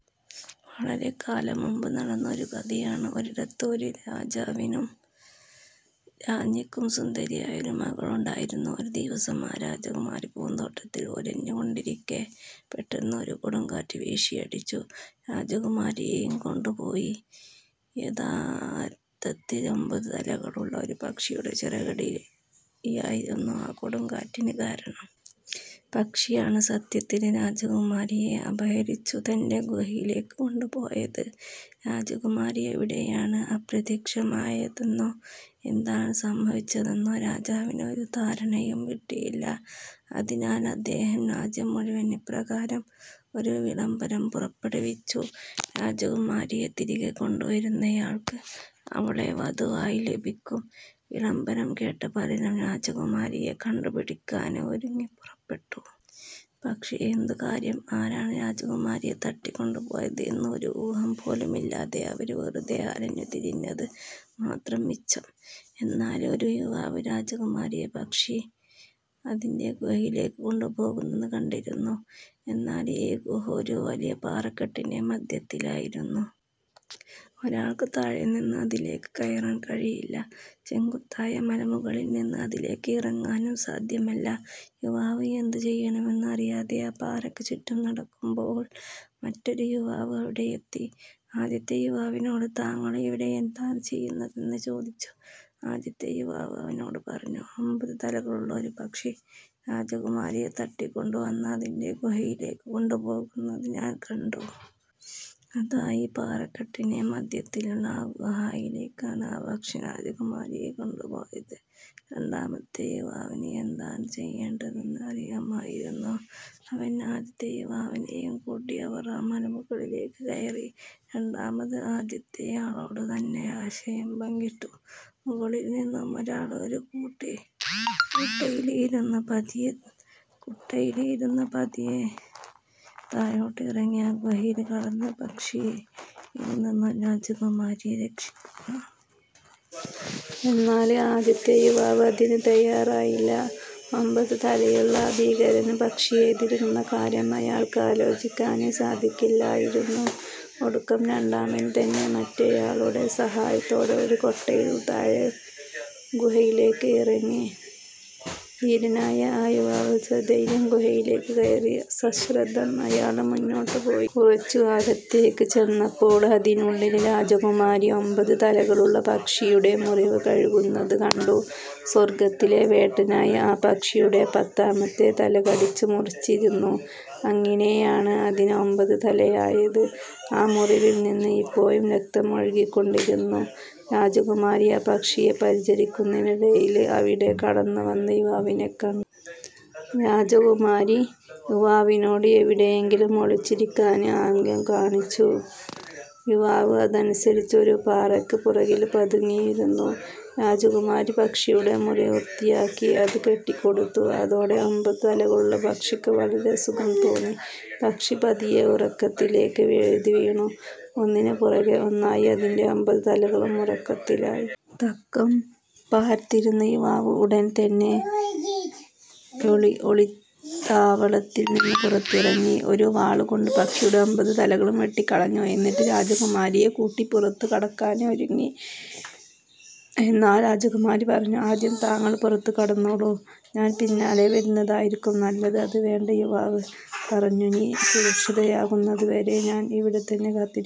വളരെക്കാലം മുമ്പ് നടന്ന ഒരു കഥയാണ്. ഒരിടത്ത് ഒരു രാജാവിനും രാജ്ഞിക്കും സുന്ദരിയായ ഒരു മകളുണ്ടായിരുന്നു. ഒരു ദിവസം, ആ രാജകുമാരി പൂന്തോട്ടത്തിൽ ഉലാഞ്ഞിക്കൊണ്ടിരിക്കെ, പെട്ടെന്ന് ഒരു കൊടുങ്കാറ്റ് വീശിയടിച്ച് രാജകുമാരിയെയും കൊണ്ടുപോയി. യദാര്ത്ഥത്തില് ഒമ്പത് തലകളുള്ള ഒരു പക്ഷിയുടെ ചിറകടിയായിരുന്നു ആ കൊടുങ്കാറ്റിന് കാരണം! പക്ഷിയാണ് സത്യത്തില് രാജകുമാരിയെ അപഹരിച്ചു തന്റെ ഗുഹയിലേക്ക് കൊണ്ടുപോയത്. രാജകുമാരി എവിടെയാണ് അപ്രത്യക്ഷമായതെന്നോ എന്താണ് സംഭവിച്ചതെന്നോ രാജാവിന് ഒരു ധാരണയും കിട്ടിയില്ല, അതിനാൽ അദ്ദേഹം രാജ്യം മുഴുവൻ ഇപ്രകാരം ഒരു വിളംബരം പുറപ്പെടുവിച്ചു: "രാജകുമാരിയെ തിരികെ കൊണ്ടുവരുന്നയാൾക്ക് അവളെ വധുവായി ലഭിക്കും! " വിളംബരം കേട്ട പലരും രാജകുമാരിയെ കണ്ടുപിടിക്കാന് ഒരുങ്ങി പുറപ്പെട്ടു. പക്ഷേ എന്തു കാര്യം? ആരാണ് രാജകുമാരിയെ തട്ടിക്കൊണ്ട് പോയത് എന്ന് ഒരു ഊഹം പോലുമില്ലാതെ അവര് വെറുതെ അലഞ്ഞു തിരിഞ്ഞത് മാത്രം മിച്ചം! എന്നാല് ഒരു യുവാവ് രാജകുമാരിയെ പക്ഷി അതിന്റെ ഗുഹയിലേക്ക് കൊണ്ടുപോകുന്നത് കണ്ടിരുന്നു. എന്നാല് ഈ ഗുഹ ഒരു വലിയ പാറക്കെട്ടിന്റെ മധ്യത്തിലായിരുന്നു. ഒരാൾക്ക് താഴെ നിന്ന് അതിലേക്ക് കയറാൻ കഴിയില്ല, ചെങ്കുത്തായ മലമുകളിൽ നിന്ന് അതിലേക്ക് ഇറങ്ങാനും സാധ്യമല്ല. യുവാവ് എന്തു ചെയ്യണമെന്ന് അറിയാതെ ആ പാറയ്ക്ക് ചുറ്റും നടക്കുമ്പോൾ, മറ്റൊരു യുവാവ് അവിടെയെത്തി. ആദ്യത്തെ യുവാവിനോട് താങ്കള് ഇവിടെ എന്താണ് ചെയ്യുന്നതെന്ന് ചോദിച്ചു. ആദ്യത്തെ യുവാവ് അവനോട് പറഞ്ഞു, "ഒമ്പത് തലകളുള്ള ഒരു പക്ഷി രാജകുമാരിയെ തട്ടിക്കൊണ്ടു വന്ന് അതിന്റെ ഗുഹയിലേക്ക് കൊണ്ട് പോകുന്നത് ഞാൻ കണ്ടു. അതാ ഈ പാറക്കെട്ടിന്റെ മധ്യത്തിലുള്ള ആ ഗുഹായിലേയ്ക്കാണ് ആ പക്ഷി രാജകുമാരിയെ കൊണ്ട് പോയത്" രാണ്ടാമത്തെ യുവാവിന് എന്താണ് ചെയ്യേണ്ടതെന്ന് അറിയാമായിരുന്നു. അവൻ ആദ്യത്തെ യുവാവിനെയും കൂട്ടി അവർ ആ മലമുകളിലേയ്ക്ക് കയറി. രണ്ടാമന് ആദ്യത്തെയാളോട് തന്റെ ആശയം പങ്കിട്ടു. മുകളില് നിന്നും ഒരാള് ഒരു കൂട്ടയില് ഇരുന്ന് പതിയെ താഴോട്ട് ഇറങ്ങി ആ ഗുഹയില് കടന്ന് പക്ഷിയില് നിന്നും രാജകുമാരിയെ രക്ഷിക്കുക. എന്നാല് ആദ്യത്തെ യുവാവ് അതിന് തയ്യാറായില്ല. ഒമ്പത് തലയുള്ള ആ ഭീകരന് പക്ഷിയെ എതിരിടുന്ന കാര്യം അയാള്ക്ക് ആലോചിക്കാനേ സാധിക്കില്ലായിരുന്നു. ഒടുക്കം രണ്ടാമന് തന്നെ മറ്റെയാളുടെ സഹായത്തോടെ ഒരു കൊട്ടയിൽ താഴെ ഗുഹയിലേക്ക് ഇറങ്ങി. ധീരനായ ആ യുവാവ് സധൈര്യം ഗുഹയിലേക്ക് കയറി. സശ്രദ്ധം അയാള് മുന്നോട്ട് പോയി. കുറച്ചു അകത്തേയ്ക്ക് ചെന്നപ്പോള്, അതിനുള്ളില് രാജകുമാരി ഒമ്പത് തലകളുള്ള പക്ഷിയുടെ മുറിവ് കഴുകുന്നത് കണ്ടു. സ്വർഗ്ഗത്തിലെ വേട്ടനായ ആ പക്ഷിയുടെ പത്താമത്തെ തല കടിച്ചു മുറിച്ചിരുന്നു. അങ്ങിനെയാണ് അതിന് ഒമ്പത് തലയായത്. ആ മുറിവിൽ നിന്ന് ഇപ്പോഴും രക്തം ഒഴുകിക്കൊണ്ടിരുന്നു. രാജകുമാരി ആ പക്ഷിയെ പരിചരിക്കുന്നതിനിടയില്, അവിടെ കടന്നു വന്ന യുവാവിനെ കണ്ടു. രാജകുമാരി യുവാവിനോട് എവിടെയെങ്കിലും ഒളിച്ചിരിക്കാന് ആംഗ്യം കാണിച്ചു. യുവാവ് അതനുസരിച്ച് ഒരു പാറയ്ക്ക് പുറകില് പതുങ്ങിയിരുന്നു. രാജകുമാരി പക്ഷിയുടെ മുറിവ് വൃത്തിയാക്കി അത് കെട്ടിക്കൊടുത്തു. അതോടെ ഒമ്പത് തലകളുള്ള പക്ഷിക്ക് വളരെ സുഖം തോന്നി. പക്ഷി പതിയെ ഉറക്കത്തിലേയ്ക്ക് വഴുതി വീണു. ഒന്നിന് പുറകെ ഒന്നായി അതിന്റെ ഒമ്പത് തലകളും ഉറക്കത്തിലായി. തക്കം പാര്ത്തിരുന്ന യുവാവ് ഉടന് തന്നെ തന്നെ ഒളിത്താവളത്തിൽ നിന്ന് പുറത്തിറങ്ങി, ഒരു വാളുകൊണ്ട് പക്ഷിയുടെ ഒമ്പത് തലകളും വെട്ടിക്കളഞ്ഞു. എന്നിട്ട് രാജകുമാരിയെ കൂട്ടി പുറത്തു കടക്കാന് ഒരുങ്ങി. എന്നാൽ രാജകുമാരി പറഞ്ഞു: "ആദ്യം താങ്കള് പുറത്തു കടന്നോളൂ, ഞാൻ പിന്നാലെ വരുന്നതായിരിക്കും നല്ലത്. " "അത് വേണ്ട," യുവാവ് പറഞ്ഞു. "നീ സുരക്ഷിതയാകുന്നതുവരെ ഞാൻ ഇവിടെ തന്നെ കാത്തിരിക്കും. "